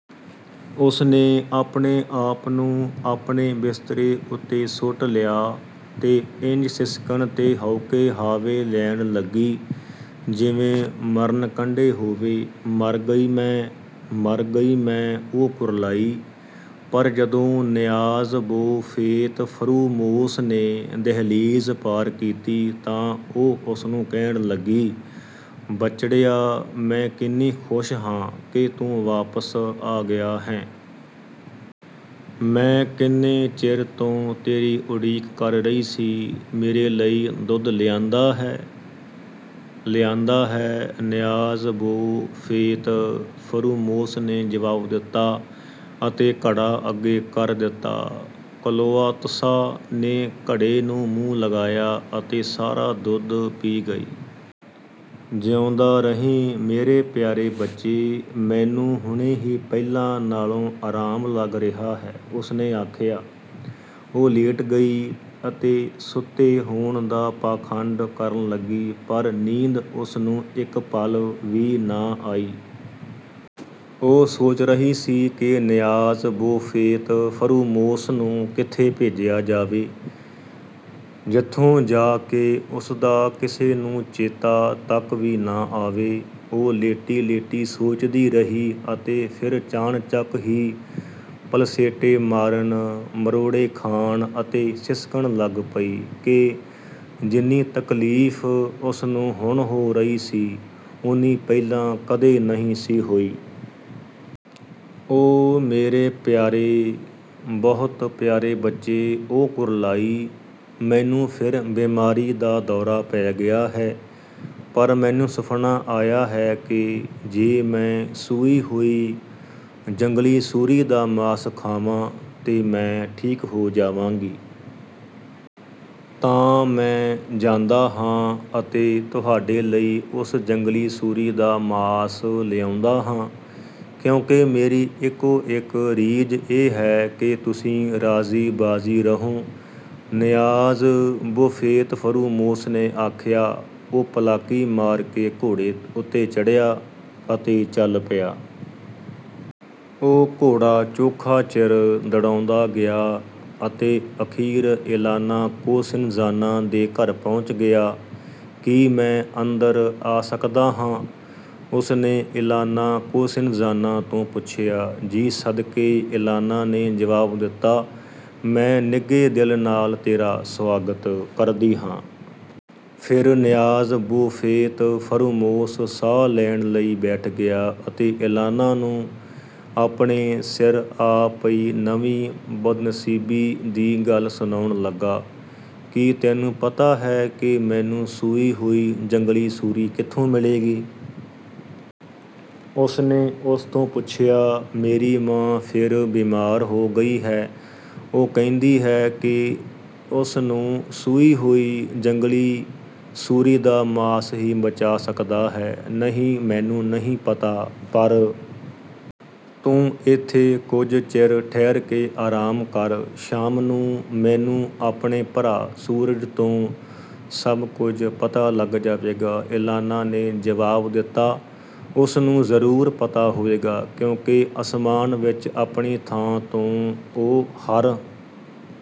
ਉਸ ਨੇ ਆਪਣੇ ਆਪ ਨੂੰ ਆਪਣੇ ਬਿਸਤਰੇ ਉੱਤੇ ਸੁੱਟ ਲਿਆ ਅਤੇ ਇੰਜ ਸਿਸਕਣ ਤੇ ਹਉਕੇ-ਹਾਵੇ ਲੈਣ ਲੱਗੀ, ਜਿਵੇਂ ਮਰਨ-ਕੰਢੇ ਹੋਵੇ। "ਮਰ ਗਈ ਮੈਂ, ਮਰ ਗਈ ਮੈਂ!" ਉਹ ਕੁਰਲਾਈ। ਪਰ ਜਦੋਂ ਨਿਆਜ਼-ਬੋ ਫ਼ੇਤ-ਫ਼ਰੂਮੋਸ ਨੇ ਦਹਿਲੀਜ਼ ਪਾਰ ਕੀਤੀ ਤਾਂ ਉਹ ਉਸ ਨੂੰ ਕਹਿਣ ਲੱਗੀ, "ਬੱਚੜਿਆ, ਮੈਂ ਕਿੰਨੀ ਖ਼ੁਸ਼ ਹਾਂ ਕਿ ਤੂੰ ਵਾਪਸ ਆ ਗਿਆ ਹੈਂ। ਮੈਂ ਕਿੰਨੇ ਚਿਰ ਤੋਂ ਤੇਰੀ ਉਡੀਕ ਕਰ ਰਹੀ ਸੀ। ਮੇਰੇ ਲਈ ਦੁੱਧ ਲਿਆਂਦਾ ਹੈ?" "ਲਿਆਂਦਾ ਹੈ," ਨਿਆਜ਼-ਬੋ ਫ਼ੇਤ-ਫ਼ਰੂਮੋਸ ਨੇ ਜਵਾਬ ਦਿੱਤਾ ਅਤੇ ਘੜਾ ਅੱਗੇ ਕਰ ਦਿੱਤਾ। ਕਲੋਆਂਤਸਾ ਨੇ ਘੜੇ ਨੂੰ ਮੂੰਹ ਲਗਾਇਆ ਅਤੇ ਸਾਰਾ ਦੁੱਧ ਪੀ ਗਈ। "ਜਿਊਂਦਾ ਰਹੇਂ ਮੇਰੇ ਪਿਆਰੇ ਬੱਚੇ, ਮੈਨੂੰ ਹੁਣੇ ਹੀ ਪਹਿਲਾਂ ਨਾਲੋਂ ਆਰਾਮ ਲੱਗ ਰਿਹਾ ਹੈ," ਉਸ ਨੇ ਆਖਿਆ। ਉਹ ਲੇਟ ਗਈ ਅਤੇ ਸੁੱਤੇ ਹੋਣ ਦਾ ਪਾਖੰਡ ਕਰਨ ਲੱਗੀ, ਪਰ ਨੀਂਦ ਉਸ ਨੂੰ ਇੱਕ ਪਲ ਵੀ ਨਾ ਆਈ। ਉਹ ਸੋਚ ਰਹੀ ਸੀ ਕਿ ਨਿਆਜ਼-ਬੋ ਫ਼ੇਤ-ਫ਼ਰੂਮੋਸ ਨੂੰ ਕਿੱਥੇ ਭੇਜਿਆ ਜਾਵੇ, ਜਿੱਥੋਂ ਜਾ ਕੇ ਉਸ ਦਾ ਕਿਸੇ ਨੂੰ ਚੇਤਾ ਤੱਕ ਵੀ ਨਾ ਆਵੇ। ਉਹ ਲੇਟੀ-ਲੇਟੀ ਸੋਚਦੀ ਰਹੀ ਅਤੇ ਫਿਰ ਚਾਣਚੱਕ ਹੀ ਪਲਸੇਟੇ ਮਾਰਨ, ਮਰੋੜੇ ਖਾਣ ਅਤੇ ਸਿਸਕਣ ਲੱਗ ਪਈ ਕਿ ਜਿੰਨੀ ਤਕਲੀਫ਼ ਉਸ ਨੂੰ ਹੁਣ ਹੋ ਰਹੀ ਸੀ, ਉੱਨੀ ਪਹਿਲਾਂ ਕਦੇ ਨਹੀਂ ਸੀ ਹੋਈ। "ਓ ਮੇਰੇ ਪਿਆਰੇ, ਬਹੁਤ ਪਿਆਰੇ ਬੱਚੇ!" ਉਹ ਕੁਰਲਾਈ, "ਮੈਨੂੰ ਫਿਰ ਬੀਮਾਰੀ ਦਾ ਦੌਰਾ ਪੈ ਗਿਆ ਹੈ, ਪਰ ਮੈਨੂੰ ਸੁਫ਼ਨਾ ਆਇਆ ਹੈ ਕਿ ਜੇ ਮੈਂ ਸੂਈ ਹੋਈ ਜੰਗਲੀ ਸੂਰੀ ਦਾ ਮਾਸ ਖਾਵਾਂ ਤਾਂ ਮੈਂ ਠੀਕ ਹੋ ਜਾਵਾਂਗੀ।" "ਤਾਂ ਮੈਂ ਜਾਂਦਾ ਹਾਂ ਅਤੇ ਤੁਹਾਡੇ ਲਈ ਉਸ ਜੰਗਲੀ ਸੂਰੀ ਦਾ ਮਾਸ ਲਿਆਉਂਦਾ ਹਾਂ, ਕਿਉਂਕਿ ਮੇਰੀ ਇੱਕੋ-ਇੱਕ ਰੀਝ ਇਹ ਹੈ ਕਿ ਤੁਸੀਂ ਰਾਜ਼ੀ-ਬਾਜ਼ੀ ਰਹੋ," ਨਿਆਜ਼-ਬੋ ਫ਼ੇਤ-ਫ਼ਰੂਮੋਸ ਨੇ ਆਖਿਆ। ਉਹ ਪਲਾਕੀ ਮਾਰ ਕੇ ਘੋੜੇ ਉੱਤੇ ਚੜ੍ਹਿਆ ਅਤੇ ਚੱਲ ਪਿਆ। ਉਹ ਘੋੜਾ ਚੋਖਾ ਚਿਰ ਦੁੜਾਉਂਦਾ ਗਿਆ ਅਤੇ ਅਖ਼ੀਰ ਇਲਾਨਾ ਕੋਸਿਨਜ਼ਾਨਾ ਦੇ ਘਰ ਪਹੁੰਚ ਗਿਆ। "ਕੀ ਮੈਂ ਅੰਦਰ ਆ ਸਕਦਾ ਹਾਂ?" ਉਸ ਨੇ ਇਲਾਨਾ ਕੋਸਿਨਜ਼ਾਨਾ ਤੋਂ ਪੁੱਛਿਆ। "ਜੀ ਸਦਕੇ," ਇਲਾਨਾ ਨੇ ਜਵਾਬ ਦਿੱਤਾ, "ਮੈਂ ਨਿੱਘੇ ਦਿਲ ਨਾਲ ਤੇਰਾ ਸੁਆਗਤ ਕਰਦੀ ਹਾਂ।" ਫ਼ਿਰ ਨਿਆਜ਼-ਬੋ ਫ਼ੇਤ-ਫ਼ਰੂਮੋਸ ਸਾਹ ਲੈਣ ਲਈ ਬੈਠ ਗਿਆ ਅਤੇ ਇਲਾਨਾ ਨੂੰ ਆਪਣੇ ਸਿਰ ਆ ਪਈ ਨਵੀਂ ਬਦਨਸੀਬੀ ਦੀ ਗੱਲ ਸੁਣਾਉਣ ਲੱਗਾ। "ਕੀ ਤੈਨੂੰ ਪਤਾ ਹੈ ਕਿ ਮੈਨੂੰ ਸੂਈ ਹੋਈ ਜੰਗਲੀ ਸੂਰੀ ਕਿੱਥੋਂ ਮਿਲੇਗੀ?" ਉਸ ਨੇ ਉਸ ਤੋਂ ਪੁੱਛਿਆ, "ਮੇਰੀ ਮਾਂ ਫਿਰ ਬੀਮਾਰ ਹੋ ਗਈ ਹੈ। ਉਹ ਕਹਿੰਦੀ ਹੈ ਕਿ ਉਸ ਨੂੰ ਸੂਈ ਹੋਈ ਜੰਗਲੀ ਸੂਰੀ ਦਾ ਮਾਸ ਹੀ ਬਚਾ ਸਕਦਾ ਹੈ।" "ਨਹੀਂ, ਮੈਨੂੰ ਨਹੀਂ ਪਤਾ। ਪਰ ਤੂੰ ਇੱਥੇ ਕੁਝ ਚਿਰ ਠਹਿਰ ਕੇ ਆਰਾਮ ਕਰ, ਸ਼ਾਮ ਨੂੰ ਮੈਨੂੰ ਆਪਣੇ ਭਰਾ ਸੂਰਜ ਤੋਂ ਸਭ ਕੁਝ ਪਤਾ ਲੱਗ ਜਾਵੇਗਾ," ਇਲਾਨਾ ਨੇ ਜਵਾਬ ਦਿੱਤਾ, "ਉਸ ਨੂੰ ਜ਼ਰੂਰ ਪਤਾ ਹੋਵੇਗਾ, ਕਿਉਂਕਿ ਅਸਮਾਨ ਵਿੱਚ ਆਪਣੀ ਥਾਂ ਤੋਂ ਉਹ ਹਰ